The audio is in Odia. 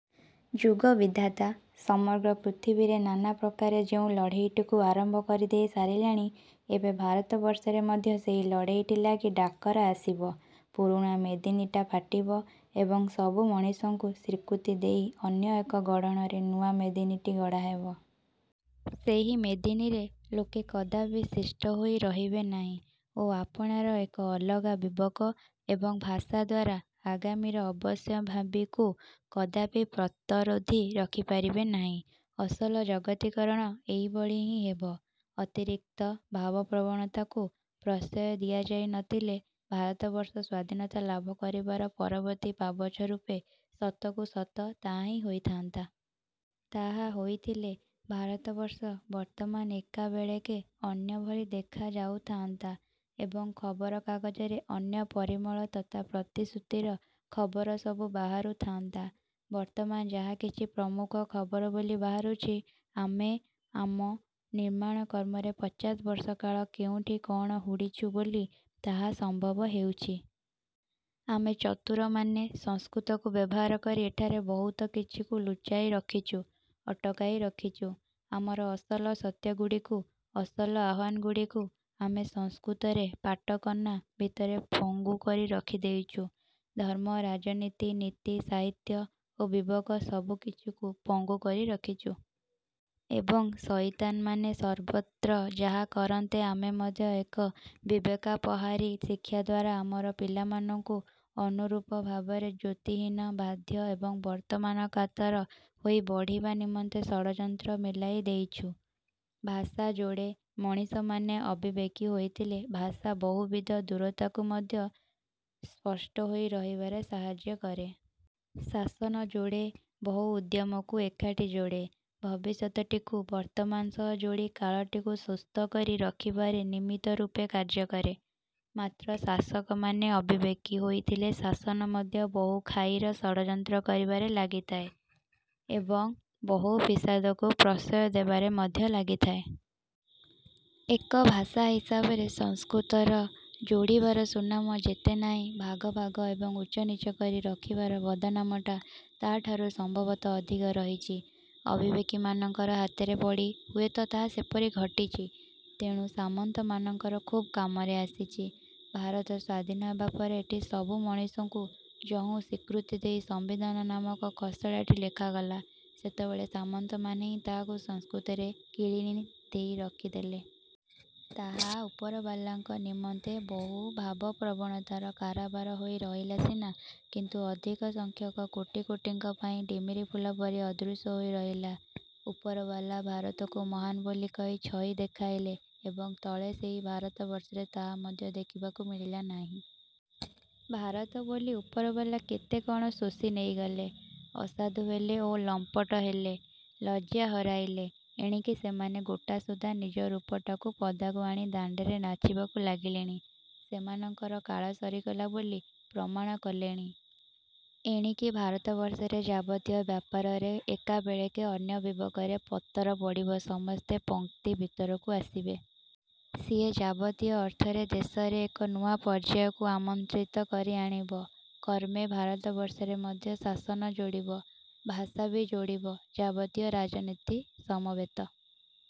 ଯୁଗବିଧାତା ସମଗ୍ର ପୃଥିବୀରେ ନାନା ପ୍ରକାରେ ଯେଉଁ ଲଢ଼େଇଟିକୁ ଆରମ୍ଭ କରିଦେଇ ସାରିଲାଣି ଏବେ ଭାରତବର୍ଷରେ ମଧ୍ୟ ସେହି ଲଢ଼େଇଟି ଲାଗି ଡାକରା ଆସିବ। ପୁରୁଣା ମେଦିନୀଟା ଫାଟିବ ଏବଂ ସବୁ ମଣିଷଙ୍କୁ ସ୍ୱୀକୃତି ଦେଇ ଅନ୍ୟ ଏକ ଗଢ଼ଣରେ ନୂଆ ମେଦିନୀଟି ଗଢ଼ା ହେବ। ସେହି ମେଦିନୀରେ ଲୋକେ କଦାପି ଶିଷ୍ଟ ହୋଇ ରହିବେ ନାହିଁ ଓ ଆପଣାର ଏକ ଅଲଗା ବିବେକ ଏବଂ ଭାଷା ଦ୍ୱାରା ଆଗାମୀର ଅବଶ୍ୟମ୍ଭାବୀକୁ କଦାପି ପଥରୋଧି ରଖିପାରିବେ ନାହିଁ। ଅସଲ ଜଗତୀକରଣ ଏହିଭଳି ହିଁ ହେବ। ଅତିରିକ୍ତ ଭାବପ୍ରବଣତାକୁ ପ୍ରଶ୍ରୟ ଦିଆଯାଇ ନଥିଲେ ଭାରତବର୍ଷ ସ୍ଵାଧୀନତା ଲାଭ କରିବାର ପରବର୍ତ୍ତୀ ପାବଚ୍ଛରୂପେ ସତକୁ ସତ ତାହାହିଁ ହୋଇଥାନ୍ତା। ତାହା ହୋଇଥିଲେ ଭାରତବର୍ଷ ବର୍ତ୍ତମାନ ଏକାବେଳେକେ ଅନ୍ୟ ଭଳି ଦେଖା ଯାଉଥାନ୍ତା ଏବଂ ଖବରକାଗଜରେ ଅନ୍ୟ ପରିମଳ ତଥା ପ୍ରତିଶ୍ରୁତିର ଖବର ସବୁ ବାହାରୁ ଥାଆନ୍ତା। ବର୍ତ୍ତମାନ ଯାହାକିଛି ପ୍ରମୁଖ ଖବର ବୋଲି ବାହାରୁଛି ଆମେ ଆମ ନିର୍ମାଣକ୍ରମରେ ପଚାଶ ବର୍ଷ କାଳ କେଉଁଠି କଣ ହୁଡ଼ିଛୁ ବୋଲି ତାହା ସମ୍ଭବ ହେଉଛି। ଆମେ ଚତୁରମାନେ ସଂସ୍କୃତକୁ ବ୍ୟବହାର କରି ଏଠାରେ ବହୁତ କିଛିକୁ ଲୁଚାଇ ରଖିଛୁ, ଅଟକାଇ ରଖିଛୁ। ଆମର ଅସଲ ସତ୍ୟଗୁଡ଼ିକୁ, ଅସଲ ଆହ୍ୱାନଗୁଡ଼ିକୁ ଆମେ ସଂସ୍କୃତରେ ପାଟକନା ଭିତରେ ପଙ୍ଗୁ କରି ରଖି ଦେଇଛୁ। ଧର୍ମ, ରାଜନୀତି, ନୀତି, ସାହିତ୍ୟ ଓ ବିବେକ ସବୁକିଛିକୁ ପଙ୍ଗୁ କରି ରଖିଛୁ। ଏବଂ ଶଇତାନମାନେ ସର୍ବତ୍ର ଯାହା କରନ୍ତେ ଆମେ ମଧ୍ୟ ଏକ ବିବେକାପହାରୀ ଶିକ୍ଷା ଦ୍ୱାରା ଆମର ପିଲାମାନଙ୍କୁ ଅନୁରୂପ ଭାବରେ ଜ୍ୟୋତିହୀନ, ବାଧ୍ୟ ଏବଂ ବର୍ତ୍ତମାନକାତର ହୋଇ ବଢ଼ିବା ନିମନ୍ତେ ଷଡ଼ଯନ୍ତ୍ର ମେଲାଇ ଦେଇଛୁ। ଭାଷା ଯୋଡ଼େ। ମଣିଷମାନେ ଅବିବେକୀ ହୋଇଥଲେ ଭାଷା ବହୁବିଧ ଦୂରତାକୁ ମଧ୍ୟ ସୃଷ୍ଟ ହୋଇ ରହିବାରେ ସାହାଯ୍ୟ କରେ। ଶାସନ ଯୋଡ଼େ, ବହୁ ଉଦ୍ୟମକୁ ଏକାଠି ଯୋଡ଼େ, ଭବିଷ୍ୟତଟିକୁ ବର୍ତ୍ତମାନ ସହ ଯୋଡ଼ି କାଳଟିକୁ ସୁସ୍ଥକରି ରଖିବାରେ ନିମିତ୍ତ ରୂପେ କାର୍ଯ୍ୟକରେ। ମାତ୍ର ଶାସକମାନେ ଅବିବେକୀ ହୋଇଥିଲେ ଶାସନ ମଧ୍ୟ ବହୁ ଖାଇର ଷଡ଼ଯନ୍ତ୍ର କରିବାରେ ଲାଗିଥାଏ ଏବଂ ବହୁ ଫିସାଦକୁ ପ୍ରଶ୍ରୟ ଦେବାରେ ମଧ୍ୟ ଲାଗିଥାଏ। ଏକ ଭାଷା ହିସାବରେ ସଂସ୍କୃତର ଯୋଡ଼ିବାର ସୁନାମ ଯେତେ ନାହିଁ ଭାଗ ଭାଗ ଏବଂ ଉଚ୍ଚ ନୀଚ କରି ରଖିବାର ବଦନାମଟା ତା'ଠାରୁ ସମ୍ଭବତଃ ଅଧିକ ରହିଛି। ଅବିବେକୀମାନଙ୍କର ହାତରେ ପଡ଼ି ହୁଏତ ତାହା ସେପରି ଘଟିଛି। ତେଣୁ ସାମନ୍ତମାନଙ୍କର ଖୁବ୍ କାମରେ ଆସିଛି। ଭାରତ ସ୍ୱାଧୀନ ହେବା ପରେ ଏଠି ସବୁ ମଣିଷଙ୍କୁ ଯହୁଁ ସ୍ୱୀକୃତି ଦେଇ ସମ୍ବିଧାନ ନାମକ ଖସଡ଼ାଟି ଲେଖାଗଲା, ସେତେବେଳେ ସାମନ୍ତମାନେ ହିଁ ତାହାକୁ ସଂସ୍କୃତରେ କିଳିଣି ଦେଇ ରଖିଦେଲେ। ତାହା ଉପରବାଲାଙ୍କ ନିମନ୍ତେ ବହୁ ଭାବପ୍ରବଣତାର କାରବାର ହୋଇ ରହିଲା ସିନା କିନ୍ତୁ ଅଧିକସଂଖ୍ୟକ କୋଟି କୋଟିଙ୍କ ପାଇଁ ଡ଼ିମିରିଫୁଲ ପରି ଅଦୃଶ୍ୟ ହୋଇ ରହିଲା। ଉପରବାଲା ଭାରତକୁ ମହାନ୍ ବୋଲି କହି ଛଇ ଦେଖାଇଲେ ଏବଂ ତଳେ ସେହି ଭାରତବର୍ଷରେ ତାହା ମଧ୍ୟ ଦେଖିବାକୁ ମିଳିଲା ନାହିଁ। ଭାରତ ବୋଲି ଉପରବାଲା କେତେ କଣ ଶୋଷି ନେଇଗଲେ। ଅସାଧୁ ହେଲେ ଓ ଲମ୍ପଟ ହେଲେ। ଲଜ୍ଜା ହରାଇଲେ। ଏଣିକି ସେମାନେ ଗୋଟାସୁଦ୍ଧା ନିଜ ରୂପଟାକୁ ପଦାକୁ ଆଣି ଦାଣ୍ଡରେ ନାଚିବାକୁ ଲାଗିଲେଣି। ସେମାନଙ୍କର କାଳ ସରିଗଲା ବୋଲି ପ୍ରମାଣ କଲେଣି। ଏଣିକି ଭାରତବର୍ଷରେ ଯାବତୀୟ ବ୍ୟାପାରରେ ଏକାବେଳେକେ ଅନ୍ୟ ବିବେକରେ ପତର ପଡ଼ିବ ସମସ୍ତେ ପଂକ୍ତି ଭିତରକୁ ଆସିବେ। ସିଏ ଯାବତୀୟ ଅର୍ଥରେ ଦେଶରେ ଏକ ନୂଆ ପର୍ଯ୍ୟାୟକୁ ଆମନ୍ତ୍ରିତ କରି ଆଣିବ। କ୍ରମେ ଭାରତବର୍ଷରେ ମଧ୍ୟ ଶାସନ ଯୋଡ଼ିବ, ଭାଷା ବି ଯୋଡ଼ିବ। ଯାବତୀୟ ରାଜନୀତି ସମବେତ।